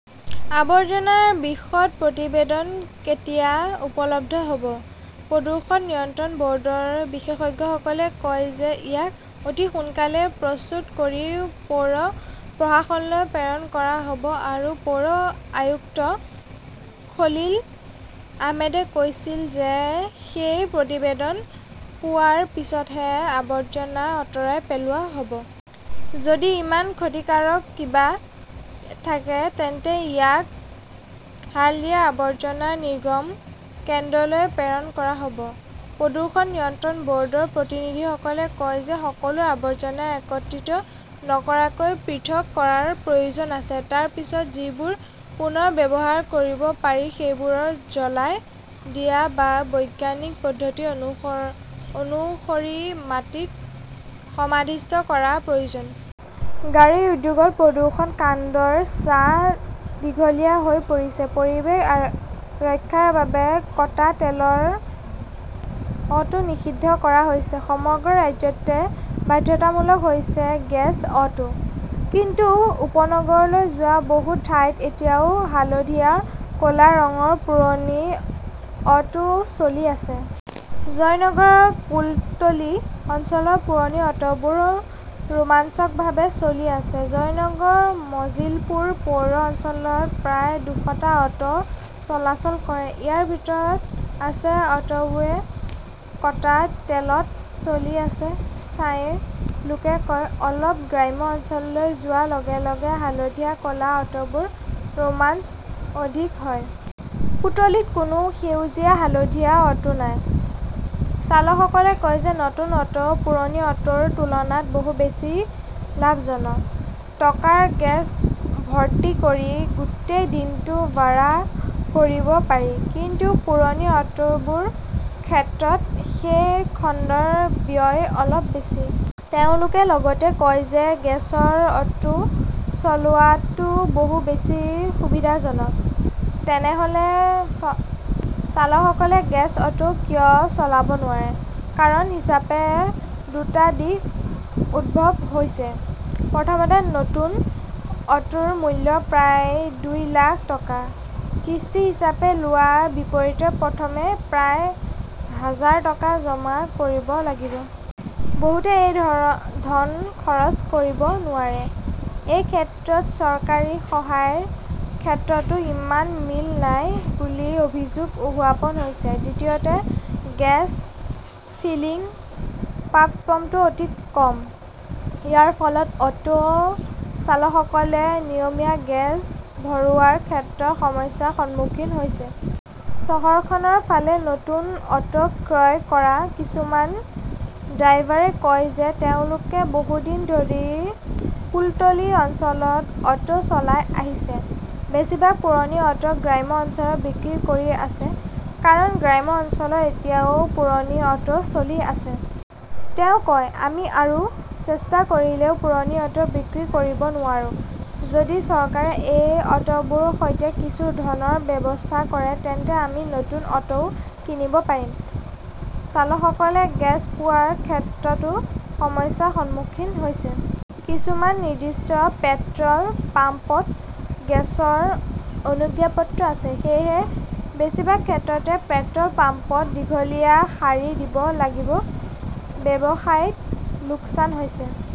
আৱৰ্জনাৰ বিশদ প্ৰতিবেদন কেতিয়া উপলব্ধ হব? প্ৰদূষণ নিয়ন্ত্ৰণ বৰ্ডৰ বিশেষজ্ঞসকলে কয় যে, ইয়াক অতি সোনকালেই প্ৰস্তুত কৰি পৌৰ প্ৰশাসনলৈ প্ৰেৰণ কৰা হব আৰু পৌৰ আয়ুক্ত খলিল আহমেদে কৈছিল যে, সেই প্ৰতিবেদন পোৱাৰ পিছতহে আৱৰ্জনা আঁতৰাই পেলোৱা হব। যদি ইমান ক্ষতিকাৰক কিবা থাকে, তেন্তে ইয়াক হালদিয়াৰ আৱৰ্জনা নিৰ্গমন কেন্দ্ৰলৈ প্ৰেৰণ কৰা হব। প্ৰদূষণ নিয়ন্ত্ৰণ বৰ্ডৰ প্ৰতিনিধিসকলে কয় যে, সকলো আৱৰ্জনা একত্ৰিত নকৰাকৈ পৃথক কৰাৰ প্ৰয়োজন আছে। তাৰ পিছত যিবোৰ পুনৰ ব্যৱহাৰ কৰিব পাৰি, সেইবোৰক জ্বলাই দিয়া বা বৈজ্ঞানিক পদ্ধতি অনুসৰি মাটিত সমাধিস্থ কৰাৰ প্ৰয়োজন। গাড়ী উদ্যোগত প্ৰদূষণ কাণ্ডৰ ছাঁ দীঘলীয়া হৈ পৰিছে । পৰিৱেশ ৰক্ষাৰ বাবে কটা তেলৰ অ'টো নিষিদ্ধ কৰা হৈছে। সমগ্ৰ ৰাজ্যতে বাধ্যতামূলক হৈছে গেছ অ'টো। কিন্তু উপনগৰলৈ যোৱা বহু ঠাইত এতিয়াও হালধীয়া-ক'লা ৰঙৰ পুৰণি অ'টো চলি আছে। জয়নগৰ-কুলতলি অঞ্চলত পুৰণি অ'টোবোৰ ৰোমাঞ্চকৰভাৱে চলি আছে। জয়নগৰ-মজিলপুৰ পৌৰ অঞ্চলত প্ৰায় দুশটা অ'টো চলাচল কৰে। ইয়াৰ ভিতৰত আছে অ'টোৱে কটা তেলত চলি আছে, স্থানীয় লোকে কয়। অলপ গ্ৰাম্য অঞ্চললৈ যোৱাৰ লগে লগে হালধীয়া-ক 'লা অ'টোৰ ৰোমাঞ্চ অধিক হয়। কুটলিত কোনো সেউজীয়া-হালধীয়া অ'টো নাই। চালকসকলে কয় যে, নতুন অ'টো পুৰণি অ'টোৰ তুলনাত বহু বেছি লাভজনক। টকাৰ গেছ ভৰ্তি কৰি গোটেই দিনটো ভাড়া কৰিব পাৰি। কিন্তু পুৰণি অ'টোৰ ক্ষেত্ৰত সেই খণ্ডৰ ব্যয় অলপ বেছি। তেওঁলোকে লগতে কয় যে, গেছৰ অ'টো চলোৱাটো বহু বেছি সুবিধাজনক। তেনেহলে চালকসকলে গেছ অ'টো কিয় চলাব নোৱাৰে? কাৰণ হিচাপে দুটা দিশ উদ্ভৱ হৈছে। প্ৰথমতে, নতুন অ'টোৰ মূল্য প্ৰায় দুই লাখ টকা। কিস্তি হিচাপে লোৱাৰ বিপৰীতে প্ৰথমে প্ৰায় হাজাৰ টকা জমা কৰিব লাগিব। বহুতে এই ধন খৰচ কৰিব নোৱাৰে। এই ক্ষেত্ৰত চৰকাৰী সহায়ৰ ক্ষেত্ৰতো ইমান মিল নাই বুলি অভিযোগ উত্থাপন হৈছে। দ্বিতীয়তে, গেছ ফিলিং পাম্পটো অতি কম। ইয়াৰ ফলত অ'টো চালকসকলে নিয়মীয়া গেছ ভৰোৱাৰ ক্ষেত্ৰত সমস্যাৰ সন্মুখীন হৈছে। চহৰখনৰ ফালে নতুন অ'টো ক্ৰয় কৰা কিছুমান ড্ৰাইভাৰে কয় যে, তেওঁলোকে বহু দিন ধৰি কুলতলি অঞ্চলত অ'টো চলাই আহিছে। বেছিভাগ পুৰণি অ'টো গ্ৰাম্য অঞ্চলত বিক্ৰী কৰি আছে। কাৰণ গ্ৰাম্য অঞ্চলত এতিয়াও পুৰণি অ'টো চলি আছে। তেওঁ কয়, "আমি আৰু চেষ্টা কৰিলেও পুৰণি অ'টো বিক্ৰী কৰিব নোৱাৰো। যদি চৰকাৰে এই অ'টোবোৰৰ সৈতে কিছু ধনৰ ব্যৱস্থা কৰে, তেন্তে আমি নতুন অ'টোও কিনিব পাৰিম"। চালকসকলে গেছ পোৱাৰ ক্ষেত্ৰতো সমস্যাৰ সন্মুখীন হৈছে। কিছুমান নিৰ্দিষ্ট পেট্ৰল পাম্পত গেছৰ অনুজ্ঞাপত্ৰ আছে। সেয়েহে বেছিভাগ ক্ষেত্ৰতে পেট্ৰল পাম্পত দীঘলীয়া শাৰী দিব লাগিব। ব্যৱসায়ত লোকচান হৈছে।